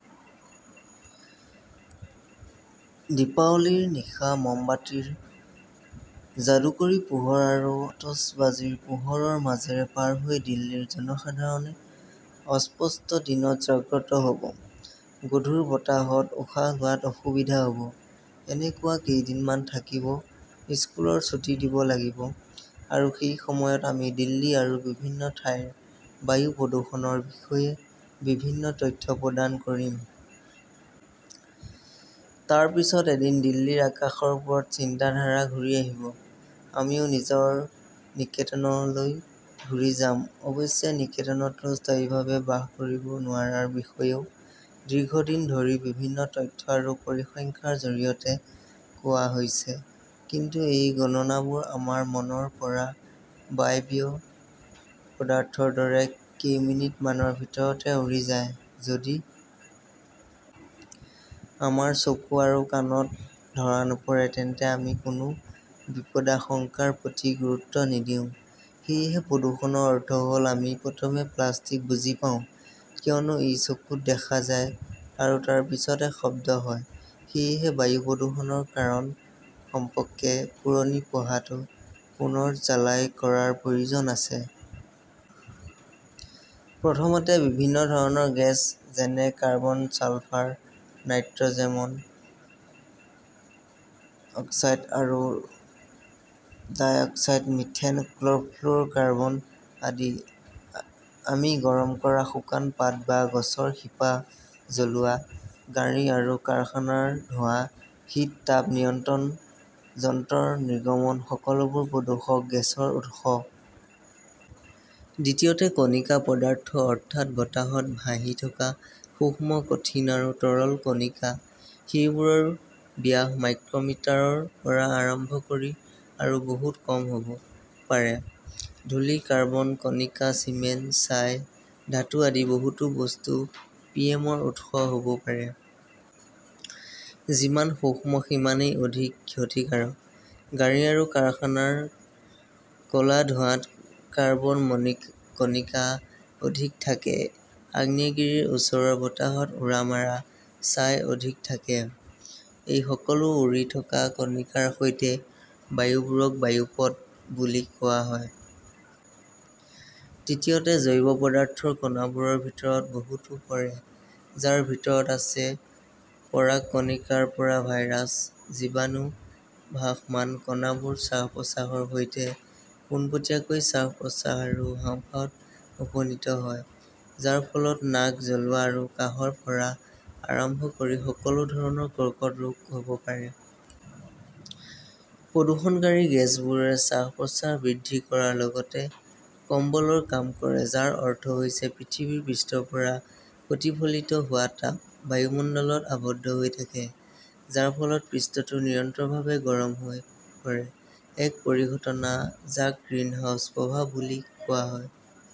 দীপাৱলীৰ নিশা মমবাতিৰ যাদুকৰী পোহৰ আৰু আতচবাজীৰ পোহৰৰ মাজেৰে পাৰ হৈ দিল্লীৰ জনসাধাৰণে অস্পষ্ট দিনত জাগ্ৰত হ'ব, গধুৰ বতাহত উশাহ লোৱাত অসুবিধা হ' ব। এনেকুৱা কেইদিনমান থাকিব, স্কুলৰ ছুটী দিব লাগিব, আৰু সেই সময়ত আমি দিল্লী আৰু বিভিন্ন ঠাইৰ বায়ু প্ৰদূষণৰ বিষয়ে বিভিন্ন তথ্য প্ৰদান কৰিম। তাৰ পিছত এদিন দিল্লীৰ আকাশৰ ওপৰত চিন্তাধাৰা ঘূৰি আহিব, আমিও নিজৰ নিকেতনলৈ ঘূৰি যাম। অৱশ্যে, নিকেতনতো স্থায়ীভাৱে বাস কৰিব নোৱাৰাৰ বিষয়েও দীৰ্ঘদিন ধৰি বিভিন্ন তথ্য আৰু পৰিসংখ্যাৰ জৰিয়তে কোৱা হৈছে। কিন্তু এই গণনাবোৰ আমাৰ মনৰ পৰা বায়বীয় পদাৰ্থৰ দৰে কেইমিনিটমানৰ ভিতৰতে উৰি যায়। যদি আমাৰ চকু আৰু কাণত ধৰা নপৰে তেন্তে আমি কোনো বিপদাশংকাৰ প্ৰতি গুৰুত্ব নিদিওঁ। সেয়েহে প্ৰদূষণৰ অৰ্থ হ'ল আমি প্ৰথমে প্লাষ্টিক বুজি পাওঁ, কিয়নো ই চকুত দেখা যায়, আৰু তাৰ পিছতে শব্দ হয়। সেয়েহে বায়ু প্ৰদূষণৰ কাৰণ সম্পৰ্কে পুৰণি পঢ়াটো পুনৰ ঝালাই কৰাৰ প্ৰয়োজন আছে। প্ৰথমতে, বিভিন্ন ধৰণৰ গেছ যেনে কাৰ্বন, ছালফাৰ, নাইট্ৰজেনমন' অক্সাইড আৰু ডাই-অক্সাইড, মিথেন, ক্লৰ'ফ্লুৰ'কাৰ্বন আদি। আমি গৰম কৰা, শুকান পাত বা গছৰ শিপা জ্বলোৱা, গাড়ী আৰু কাৰখানাৰ ধোঁৱা, শীতাতাপ নিয়ন্ত্ৰণ যন্ত্ৰৰ নিৰ্গমন সকলোবোৰ প্ৰদূষক গেছৰ উৎস। দ্বিতীয়তে, কণিকা পদাৰ্থ -অৰ্থাৎ বতাহত ভাহি থকা সূক্ষ্ম কঠিন আৰু তৰল কণিকা। সেইবোৰৰ ব্যাস মাইক্ৰ'মিটাৰ ৰ পৰা আৰম্ভ কৰি আৰু বহুত কম হ'ব পাৰে। ধূলি, কাৰ্বন কণিকা, চিমেণ্ট, ছাই, ধাতু আদি বহুতো বস্তু পিএমৰ উৎস হ 'ব পাৰে। যিমান সূক্ষ্ম সিমানেই অধিক ক্ষতিকাৰক। গাড়ী আৰু কাৰখানাৰ ক 'লা ধোঁৱাত কাৰ্বন-কণিকা অধিক থাকে, আগ্নেয়গিৰিৰ ওচৰৰ বতাহত উৰা মাৰা ছাই অধিক থাকে। এই সকলো উৰি থকা কণিকাৰ সৈতে বায়ুবোৰক বায়ুপথ বুলি কোৱা হয়। তৃতীয়তে, জৈৱ পদাৰ্থৰ কণাবোৰৰ ভিতৰত বহুতো পৰে যাৰ ভিতৰত আছে পৰাগকণিকাৰ পৰা ভাইৰাছ, জীৱাণু। ভাসমান কণাবোৰ শ্বাস-প্ৰশ্বাসৰ সৈতে পোনপটীয়াকৈ শ্বাস-প্ৰশ্বাস আৰু হাঁওফাঁওত উপনীত হয়, যাৰ ফলত নাক জ্বলোৱা আৰু কাহৰ পৰা আৰম্ভ কৰি সকলো ধৰণৰ কৰ্কট ৰোগ হ'ব পাৰে। প্ৰদূষণকাৰী গেছবোৰে শ্বাস-প্ৰশ্বাস বৃদ্ধি কৰাৰ লগতে কম্বলৰ কাম কৰে, যাৰ অৰ্থ হৈছে পৃথিৱীৰ পৃষ্ঠৰ পৰা প্ৰতিফলিত হোৱা তাপ বায়ুমণ্ডলত আবদ্ধ হৈ থাকে, যাৰ ফলত পৃষ্ঠটো নিৰন্তৰভাৱে গৰম হৈ পৰে, এক পৰিঘটনা যাক 'গ্ৰীণহাউছ প্ৰভাৱ' বুলি কোৱা হয় ।